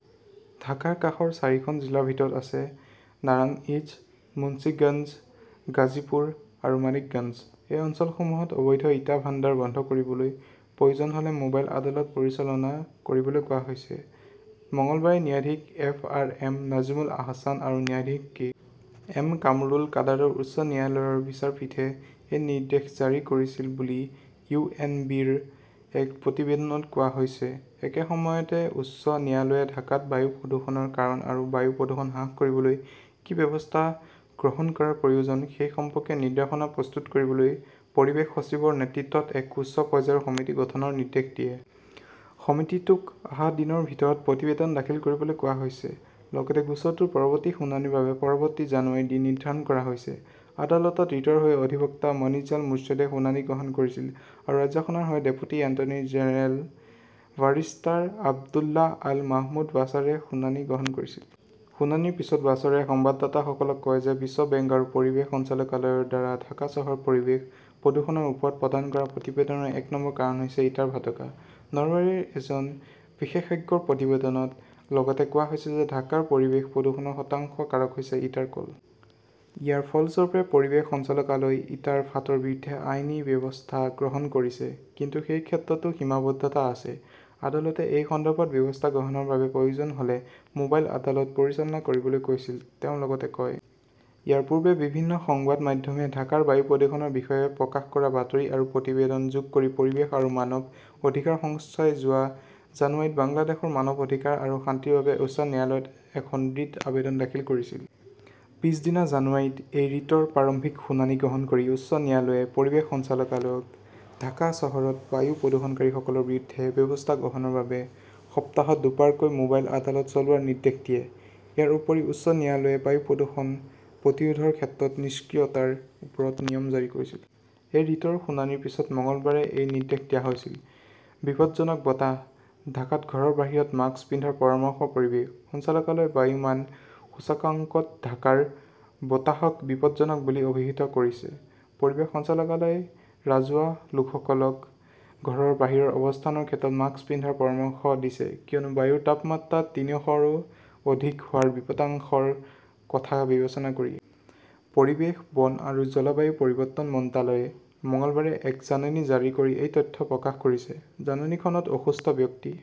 ঢাকাৰ কাষৰ চাৰিখন জিলাৰ ভিতৰত আছে নাৰাংইজ, মুন্সীগঞ্জ, গাজীপুৰ আৰু মানিকগঞ্জ। এই অঞ্চলসমূহত অবৈধ ইটা ভাণ্ডাৰ বন্ধ কৰিবলৈ প্ৰয়োজন হ "লে মোবাইল আদালত পৰিচালনা কৰিবলৈ কোৱা হৈছে। মঙলবাৰে ন্যায়াধীশ F. R. M. Nazmul Ahsan আৰু ন্যায়াধীশ কে. এম. কামৰুল কাদাৰৰ উচ্চ ন্যায়ালয়ৰ বিচাৰপীঠে এই নিৰ্দেশ জাৰি কৰিছিল বুলি ইউ. এন. বি. -ৰ এক প্ৰতিবেদনত কোৱা হৈছে। একে সময়তে, উচ্চ ন্যায়ালয়ে ঢাকাত বায়ু প্ৰদূষণৰ কাৰণ আৰু বায়ু প্ৰদূষণ হ্ৰাস কৰিবলৈ কি ব্যৱস্থা গ্ৰহণ কৰাৰ প্ৰয়োজন সেই সম্পৰ্কে নিৰ্দেশনা প্ৰস্তুত কৰিবলৈ পৰিৱেশ সচিবৰ নেতৃত্বত এক উচ্চ পৰ্যায়ৰ সমিতি গঠনৰ নিৰ্দেশ দিয়ে। সমিতিটোক অহা দিনৰ ভিতৰত প্ৰতিবেদন দাখিল কৰিবলৈ কোৱা হৈছে। লগতে গোচৰটোৰ পৰৱৰ্তী শুনানিৰ বাবে পৰৱৰ্তী জানুৱাৰীৰ দিন নিৰ্ধাৰণ কৰা হৈছে। আদালতত ৰিটৰ হৈ অধিবক্তা মনিজাল মোৰ্ছেদে শুনানি গ্ৰহণ কৰিছিল আৰু ৰাজ্যখনৰ হৈ deputy attorney general barrister Abdullah Al Mahmud বাছাৰে শুনানি গ্ৰহণ কৰিছিল। শুনানিৰ পিছত বাশ্বৰে সংবাদদাতাসকলক কয়, "বিশ্ব বেংক আৰু পৰিৱেশ সঞ্চালকালয়ৰ দ্বাৰা ঢাকা চহৰৰ পৰিৱেশ প্ৰদূষণৰ ওপৰত প্ৰদান কৰা প্ৰতিবেদনৰ এক নম্বৰ কাৰণ হৈছে ইটাৰ ভাটকা। নৰৱেৰ এজন বিশেষজ্ঞৰ প্ৰতিবেদনত লগতে কোৱা হৈছে যে ঢাকাৰ পৰিৱেশ প্ৰদূষণৰ শতাংশ কাৰক হৈছে ইটাৰ কল। "ইয়াৰ ফলস্বৰূপে পৰিৱেশ সঞ্চালকালয়ই ইটাৰ ফাঁটৰ বিৰুদ্ধে আইনী ব্যৱস্থা গ্ৰহণ কৰিছে। কিন্তু সেই ক্ষেত্ৰতো সীমাবদ্ধতা আছে। আদালতে এই সন্দৰ্ভত ব্যৱস্থা গ্ৰহণৰ বাবে প্ৰয়োজন হ "লে মোবাইল আদালত পৰিচালনা কৰিবলৈ কৈছিল", তেওঁ লগতে কয়। ইয়াৰ পূৰ্বে, বিভিন্ন সংবাদ মাধ্যমে ঢাকাৰ বায়ু প্ৰদূষণৰ বিষয়ে প্ৰকাশ কৰা বাতৰি আৰু প্ৰতিবেদন যোগ কৰি পৰিৱেশ আৰু মানৱ অধিকাৰ সংস্থাই যোৱা জানুৱাৰীত বাংলাদেশৰ মানৱ অধিকাৰ আৰু শান্তিৰ বাবে উচ্চ ন্যায়ালয়ত এখন ৰিট আবেদন দাখিল কৰিছিল। পিছদিনা জানুৱাৰীত এই ৰিটৰ প্ৰাৰম্ভিক শুনানি গ্ৰহণ কৰি উচ্চ ন্যায়ালয়ে পৰিৱেশ সঞ্চালকালয়ক ঢাকা চহৰত বায়ু প্ৰদূষণকাৰীসকলৰ বিৰুদ্ধে ব্যৱস্থা গ্ৰহণৰ বাবে সপ্তাহত দুবাৰকৈ মোবাইল আদালত চলোৱাৰ নিৰ্দেশ দিয়ে। ইয়াৰ উপৰিও, উচ্চ ন্যায়ালয়ে বায়ু প্ৰদূষণ প্ৰতিৰোধৰ ক্ষেত্ৰত নিষ্ক্ৰিয়তাৰ ওপৰত নিয়ম জাৰি কৰিছিল। এই ৰিটৰ শুনানিৰ পিছতে মঙলবাৰে এই নিৰ্দেশ দিয়া হৈছিল। বিপদজনক বতাহঃ ঢাকাত ঘৰৰ বাহিৰত মাস্ক পিন্ধাৰ পৰামৰ্শ পৰিৱেশ সঞ্চালকালয়ই বায়ু মান সূচকাংকত ঢাকাৰ বতাহক বিপদজনক বুলি অভিহিত কৰিছে। পৰিৱেশ সঞ্চালকালয়ই ৰাজহুৱা লোকসকলক ঘৰৰ বাহিৰৰ অৱস্থানৰ ক্ষেত্ৰত মাস্ক পিন্ধাৰ পৰামৰ্শ দিছে কিয়নো বায়ুৰ তাপমাত্ৰা তিনিশৰো অধিক হোৱাৰ বিপদাশংকাৰ কথা বিবেচনা কৰি। পৰিৱেশ, বন আৰু জলবায়ু পৰিৱৰ্তন মন্ত্ৰালয়ে মঙলবাৰে এক জাননী জাৰি কৰি এই তথ্য প্ৰকাশ কৰিছে। জাননীখনত অসুস্থ ব্যক্তি,